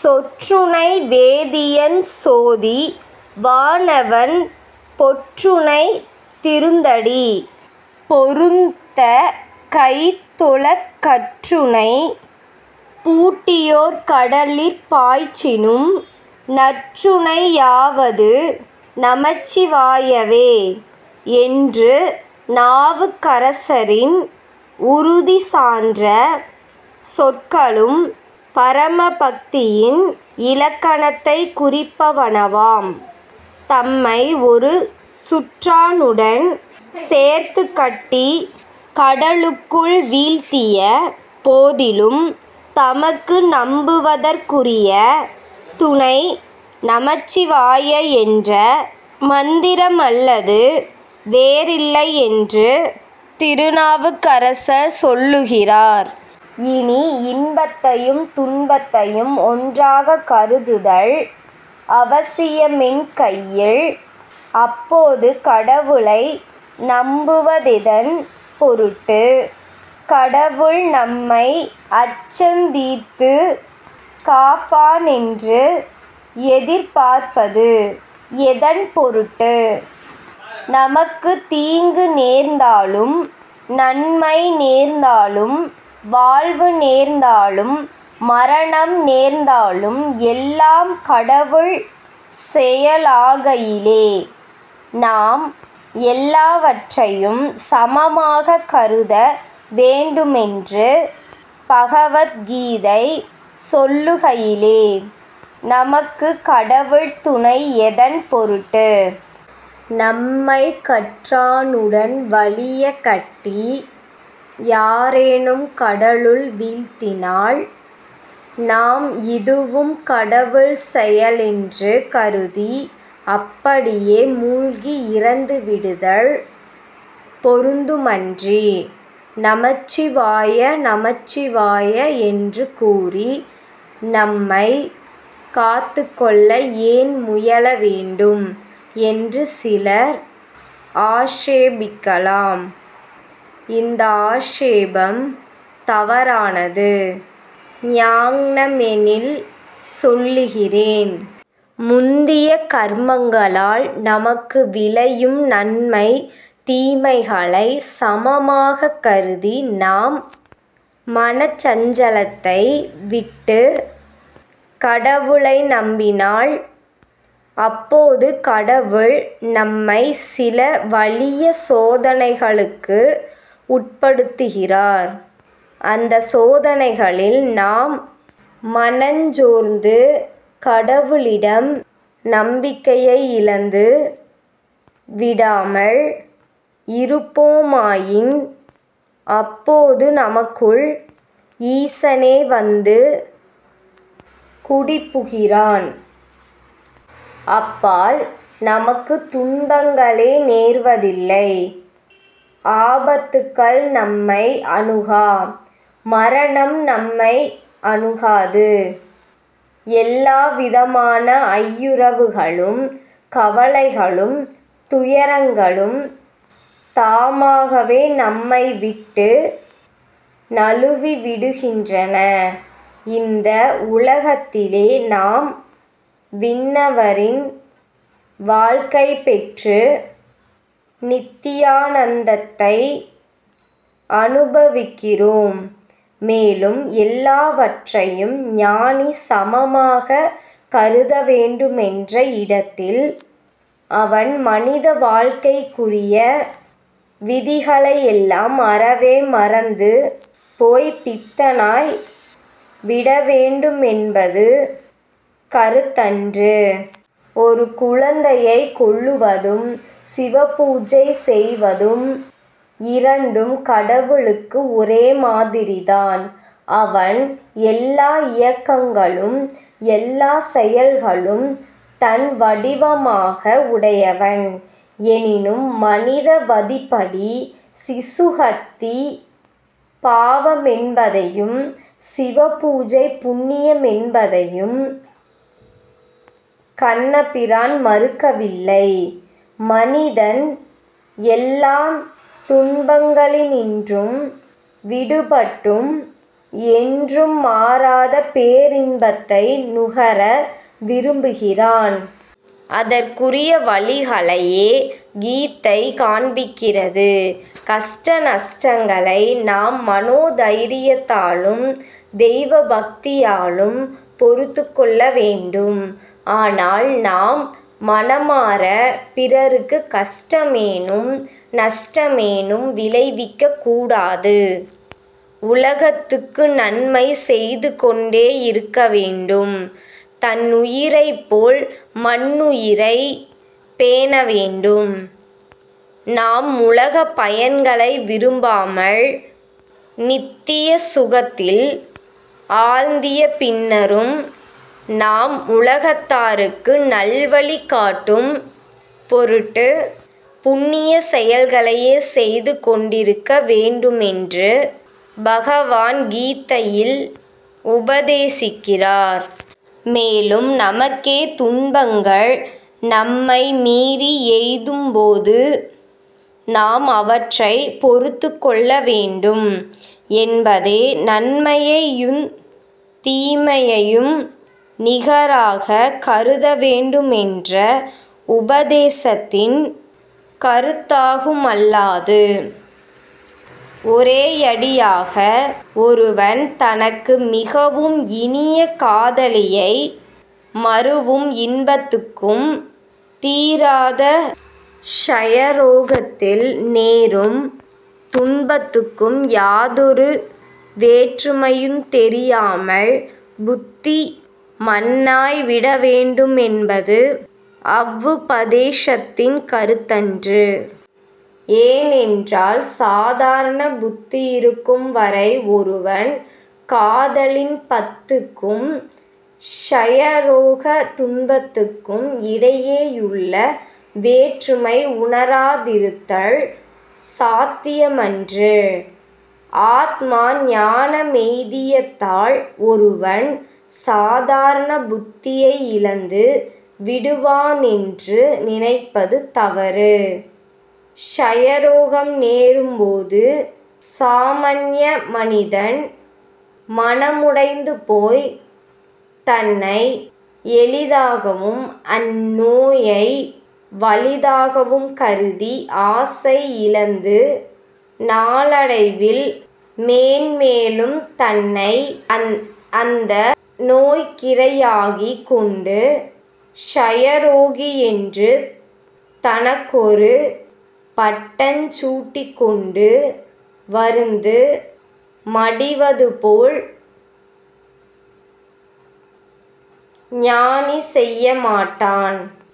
சொற்றுணை வேதியன் சோதி வானவன் பொற்றுணை திருந்தடி பொருந்தக் கைதொழக் கற்றுணைப் பூட்டியோர் கடலிற் பாய்ச்சினும் நற்றுணை யாவது நமச் சிவாய வே என்று நாவுக்கரசரின் உறுதி சான்ற சொற்களும் பரமபக்தியின் இலக்கணத்தைக் குறிப்பவனவாம். தம்மை ஒரு சுற்றாணுடன் சேர்த்துக் கட்டிக் கடலுக்குள் வீழ்த்திய போதிலும் தமக்கு நம்புவதற்குரிய துணை நமச்சிவாய என்ற மந்திரமல்லது வேறில்லை என்று திருநாவுக்கரசர் சொல்லுகிறார். இனி, இன்பத்தையும் துன்பத்தையும் ஒன்றாகக் கருதுதல் அவசியமென்கையில், அப்போது கடவுளை நம்புவதெதன் பொருட்டு? கடவுள் நம்மை அச்சந்தீர்த்துக் காப்பானென்று எதிர்ப்பார்ப்பது எதன் பொருட்டு? நமக்குத் தீங்கு நேர்ந்தாலும், நன்மை நேர்ந்தாலும், வாழ்வு நேர்ந்தாலும், மரணம் நேர்ந்தாலும் எல்லாம் கடவுள் செயலாகையிலே நாம் எல்லாவற்றையும் சமமாகக் கருத வேண்டுமென்று பகவத் கீதை சொல்லுகையிலே, நமக்குக் கடவுள் துணை எதன் பொருட்டு? நம்மைக் கற்றாணுடன் வலியக் கட்டி யாரேனும் கடலுள் வீழ்த்தினால், நாம் இதுவும் கடவுள் செயலென்று கருதி அப்படியே மூழ்கி இறந்து விடுதல் பொருந்துமன்றி, நமச்சிவாய, நமச்சிவாய என்று கூறி நம்மைக் காத்துக்கொள்ள ஏன் முயல வேண்டும்? என்று சிலர் ஆக்ஷேபிக்கலாம். இந்த ஆக்ஷேபம் தவறானது. யாங்ஙனமெனில், சொல்லுகிறேன். முந்திய கர்மங்களால் நமக்கு விளையும் நன்மை தீமைகளைச் சமமாகக் கருதி நாம் மனச்சஞ்லத்தை விட்டுக் கடவுளை நம்பினால், அப்போது கடவுள் நம்மைச் சில வலிய சோதனைகளுக்கு உட்படுத்துகிறார். அந்தச் சோதனைகளில் நாம் மனஞ்சோர்ந்து கடவுளிடம் நம்பிக்கையை இழந்து விடாமல் இருப்போமாயின், அப்போது நமக்குள் ஈசனே வந்து குடிபுகிறான். அப்பால் நமக்குத் துன்பங்களே நேர்வதில்லை. ஆபத்துக்கள் நம்மை அணுகா. மரணம் நம்மை அணுகாது. எல்லாவிதமான ஐயுறவுகளும், கவலைகளும், துயரங்களும், தாமாகவே நம்மை விட்டு நழுவிவிடுகின்றன. இந்த உலகத்திலே நாம் விண்ணவரின் வாழ்க்கை பெற்று நித்தியானந்தத்தை அனுபவிக்கிறோம். மேலும், எல்லாவற்றையும் ஞானி சமமாகக் கருதவேண்டுமென்ற இடத்தில், அவன் மனித வாழ்க்கைக்குரிய விதிகளையெல்லாம் அறவே மறந்து போய்ப் பித்தனாய் விடவேண்டுமென்பது கருத்தன்று. ஒரு குழந்தையைக் கொல்லுவதும், சிவ பூஜை செய்வதும் இரண்டும் கடவுளுக்கு ஒரே மாதிரிதான். அவன் எல்லா இயக்கங்களும், எல்லாச் செயல்களும் தன் வடிவமாக உடையவன், எனினும், மனித வதிப்படி சிசு ஹத்தி பாவமென்பதையும், சிவபூஜை புண்ணியமென்பதையும் கண்ணபிரான் மறுக்கவில்லை. மனிதன் எல்லாந் துன்பங்களினின்றும் விடுபட்டும், என்றும் மாறாத பேரின்பத்தை நுகர விரும்புகிறான். அதற்குரிய வழிகளையே கீதை காண்பிக்கிறது. கஷ்ட நஷ்டங்களை நாம் மனோ தைரியத்தாலும் தெய்வ பக்தியாலும் பொறுத்துக் கொள்ளவேண்டும். ஆனால், நாம் மனமாரப் பிறருக்குக் கஷ்ட மேனும் நஷ்ட மேனும் விளைவிக்கக் கூடாது. உலகத்துக்கு நன்மை செய்து கொண்டேயிருக்க வேண்டும். தன்னுயிரைப்போல் மன்னுயிரைப் பேணவேண்டும். நாம் உலகப் பயன்களை விரும்பாமல், நித்திய சுகத்தில் ஆழ்ந்திய பின்னரும், நாம் உலகத்தாருக்கு நல்வழி காட்டும் பொருட்டுப் புண்ணியச் செயல்களையே செய்து கொண்டிருக்க வேண்டுமென்று பகவான் கீதையில் உபதேசிக்கிறார். மேலும், நமக்கே துன்பங்கள் நம்மை மீறி எய்தும்போது நாம் அவற்றைப் பொறுத்துக் கொள்ள வேண்டும் என்பதே நன்மையையுந் தீமையையும் நிகராகக் கருதவேண்டுமென்ற உபதேசத்தின் கருத்தாகுமல்லாது, ஒரேயடியாக ஒருவன் தனக்கு மிகவும் இனிய காதலியை மருவும் இன்பத்துக்கும் தீராத க்ஷயரோகத்தில் நேரும் துன்பத்துக்கும் யாதொரு வேற்றுமையுந் தெரியாமல் புத்தி மண்ணாய் விட வேண்டுமென்பது அவ்வுபதேசத்தின் கருத்தன்று. ஏனென்றால், சாதாரண புத்தியிருக்கும் வரை ஒருவன் காதலின்பத்துக்கும் க்ஷயரோகத் துன்பத்துக்கும் இடையேயுள்ள வேற்றுமை உணராதிருத்தல் சாத்தியமன்று. ஆத்ம ஞானமெய்தியதால் ஒருவன் சாதாரண புத்தியை இழந்து விடுவானென்று நினைப்பது தவறு. க்ஷயரோகம் நேரும்போது சாமன்ய மனிதன் மனமுடைந்து போய்த் தன்னை எளிதாகவும் அந்நோயை வலிதாகவும் கருதி, ஆசையிழந்து நாளடைவில் மேன்மேலும் தன்னை அந்த நோய்க்கிரையாகிக் கொண்டு, க்ஷயரோகி என்று தனக்கொரு பட்டஞ் சூட்டிக்கொண்டு வருந்து மடிவதுபோல் ஞானி செய்யமாட்டான்.